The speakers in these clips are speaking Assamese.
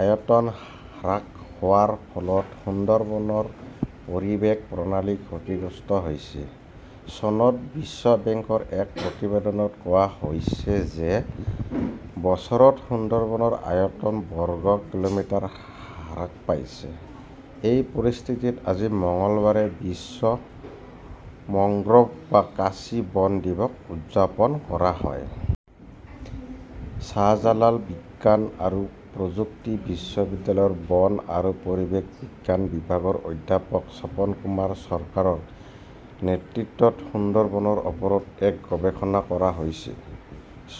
আয়তন হ্ৰাস হোৱাৰ ফলত সুন্দৰবনৰ পৰিৱেশ প্ৰণালী ক্ষতিগ্ৰস্ত হৈছে। চনত বিশ্ব বেংকৰ এক প্ৰতিবেদনত কোৱা হৈছে যে যোৱা বছৰত সুন্দৰবনৰ আয়তন বৰ্গ কিলোমিটাৰ হ্ৰাস পাইছে। এই পৰিস্থিতিত, আজি মঙলবাৰে বিশ্ব মেংগ্ৰোভ বা কাঁচি বন দিৱস উদযাপন কৰা হয়। শ্বাহজালাল বিজ্ঞান আৰু প্ৰযুক্তি বিশ্ববিদ্যালয়ৰ বন আৰু পৰিৱেশ বিজ্ঞান বিভাগৰ অধ্যাপক স্বপন কুমাৰ চৰকাৰৰ নেতৃত্বত সুন্দৰবনৰ ওপৰত এক গৱেষণা কৰা হৈছে।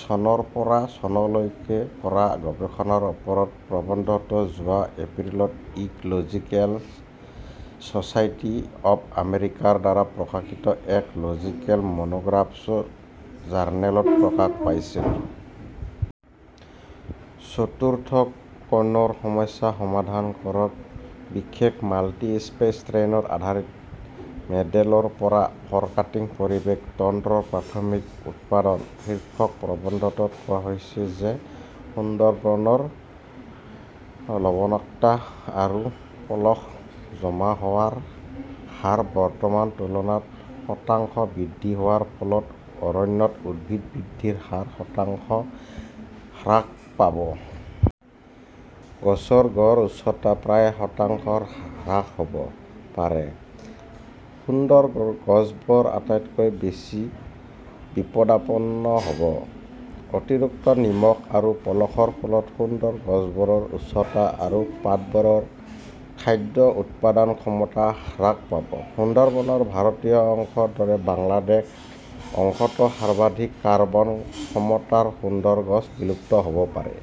চনৰ পৰা ' চনলৈকে কৰা গৱেষণাৰ ওপৰত প্ৰবন্ধটো যোৱা এপ্ৰিলত "ecological society of আমেৰিকাৰ দ্বাৰা প্ৰকাশিত এক "লজিকেল মনোগ্ৰাফছ জাৰ্নেলত প্ৰকাশ পাইছিল। 'চতুৰ্থ কোণৰ সমস্যা সমাধান কৰকঃ বিশেষ মাল্টিস্পেচিছ ট্ৰেইট-আধাৰিত মডেলৰ পৰা ফৰকাষ্টিং পৰিৱেশ তন্ত্ৰৰ প্ৰাথমিক উৎপাদন "শীৰ্ষক প্ৰবন্ধটোত কোৱা হৈছে যে সুন্দৰবনৰ লবণাক্ততা আৰু পলস জমা হোৱাৰ হাৰ বৰ্তমানৰ তুলনাত শতাংশ বৃদ্ধি হোৱাৰ ফলত অৰণ্যত উদ্ভিদ বৃদ্ধিৰ হাৰ শতাংশ হ্ৰাস পাব। গছৰ গড় উচ্চতা প্ৰায় শতাংশ হ্ৰাস হ "ব পাৰে। সুন্দৰ গছবোৰ আটাইতকৈ বেছি বিপদাপন্ন হ 'ব। অতিৰিক্ত নিমখ আৰু পলসৰ ফলত সুন্দৰ গছবোৰৰ উচ্চতা আৰু পাতবোৰত খাদ্য উৎপাদন ক্ষমতা হ্ৰাস পাব। সুন্দৰবনৰ ভাৰতীয় অংশৰ দৰে বাংলাদেশ অংশতো সৰ্বাধিক কাৰ্বন ক্ষমতাৰ সুন্দৰ গছ বিলুপ্ত হ "ব পাৰে।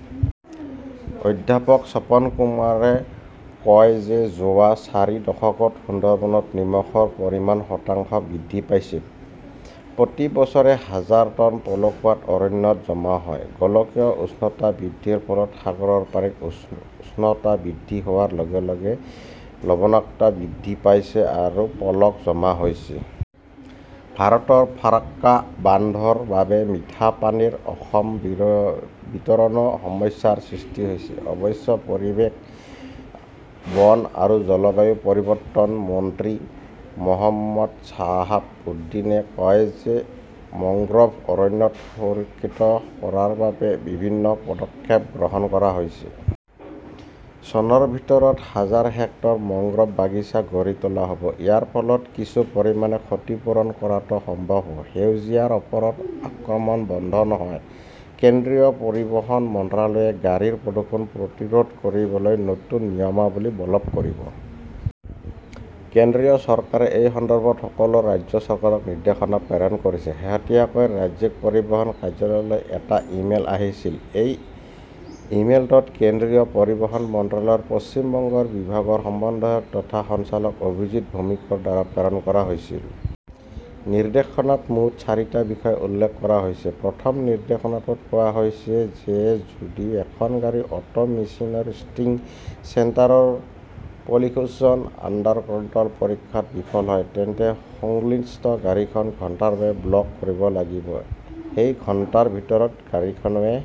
অধ্যাপক স্বপন কুমাৰে কয় যে যোৱা চাৰি দশকত সুন্দৰবনত নিমখৰ পৰিমাণ শতাংশ বৃদ্ধি পাইছে। প্ৰতি বছৰে হাজাৰ টন পলসুৱা অৰণ্যত জমা হয়। গোলকীয় উষ্ণতা বৃদ্ধিৰ ফলত সাগৰৰ পানীৰ উচ্চতা বৃদ্ধি হোৱাৰ লগে লগে লবণাক্ততা বৃদ্ধি পাইছে আৰু পলস জমা হৈছে। ভাৰতৰ ফাৰক্কা বান্ধৰ বাবে মিঠা পানীৰ অসম বিতৰণো সমস্যাৰ সৃষ্টি কৰিছে। অৱশ্যে, পৰিৱেশ, বন আৰু জলবায়ু পৰিৱৰ্তন মন্ত্ৰী মো. শ্বাহাব উদ্দীনে কয় যে মেংগ্ৰোভ অৰণ্য সুৰক্ষিত কৰাৰ বাবে বিভিন্ন পদক্ষেপ গ্ৰহণ কৰা হৈছে। চনৰ ভিতৰত হাজাৰ হেক্টৰ মেংগ্ৰোভ বাগিচা গঢ়ি তোলা হ 'ব। ইয়াৰ ফলত কিছু পৰিমাণে ক্ষতি পূৰণ কৰাটো সম্ভৱ হ "ব। সেউজীয়াৰ ওপৰত আক্ৰমণ বন্ধ নহয় কেন্দ্ৰীয় পৰিবহণ মন্ত্ৰালয়ে গাড়ীৰ প্ৰদূষণ প্ৰতিৰোধ কৰিবলৈ নতুন নিয়মাৱলী বলৱৎ কৰিব। কেন্দ্ৰীয় চৰকাৰে এই সন্দৰ্ভত সকলো ৰাজ্য চৰকাৰক নিৰ্দেশনা প্ৰেৰণ কৰিছে। শেহতীয়াকৈ ৰাজ্যিক পৰিবহণ কাৰ্যালয়লৈ এটা ইমেইল আহিছিল। এই মেইলটো কেন্দ্ৰীয় পৰিবহণ মন্ত্ৰালয়ৰ পশ্চিম বংগ বিভাগৰ সমন্বয়ক তথা সঞ্চালক অভিজিৎ ভৌমিকৰ দ্বাৰা প্ৰেৰণ কৰা হৈছিল। নিৰ্দেশনাত মুঠ চাৰিটা বিষয় উল্লেখ কৰা হৈছে। প্ৰথম নিৰ্দেশনাটোত কোৱা হৈছে যে যদি এখন গাড়ী 'অটো এমিশন টেষ্টিং চেণ্টাৰ' ৰ 'পলিউশ্যন আণ্ডাৰ কণ্ট্ৰল' পৰীক্ষাত বিফল হয়, তেন্তে সংশ্লিষ্ট গাড়ীখন ঘণ্টাৰ বাবে ব্লক কৰিব লাগিব। সেই ঘণ্টাৰ ভিতৰত গাড়ীখনৱে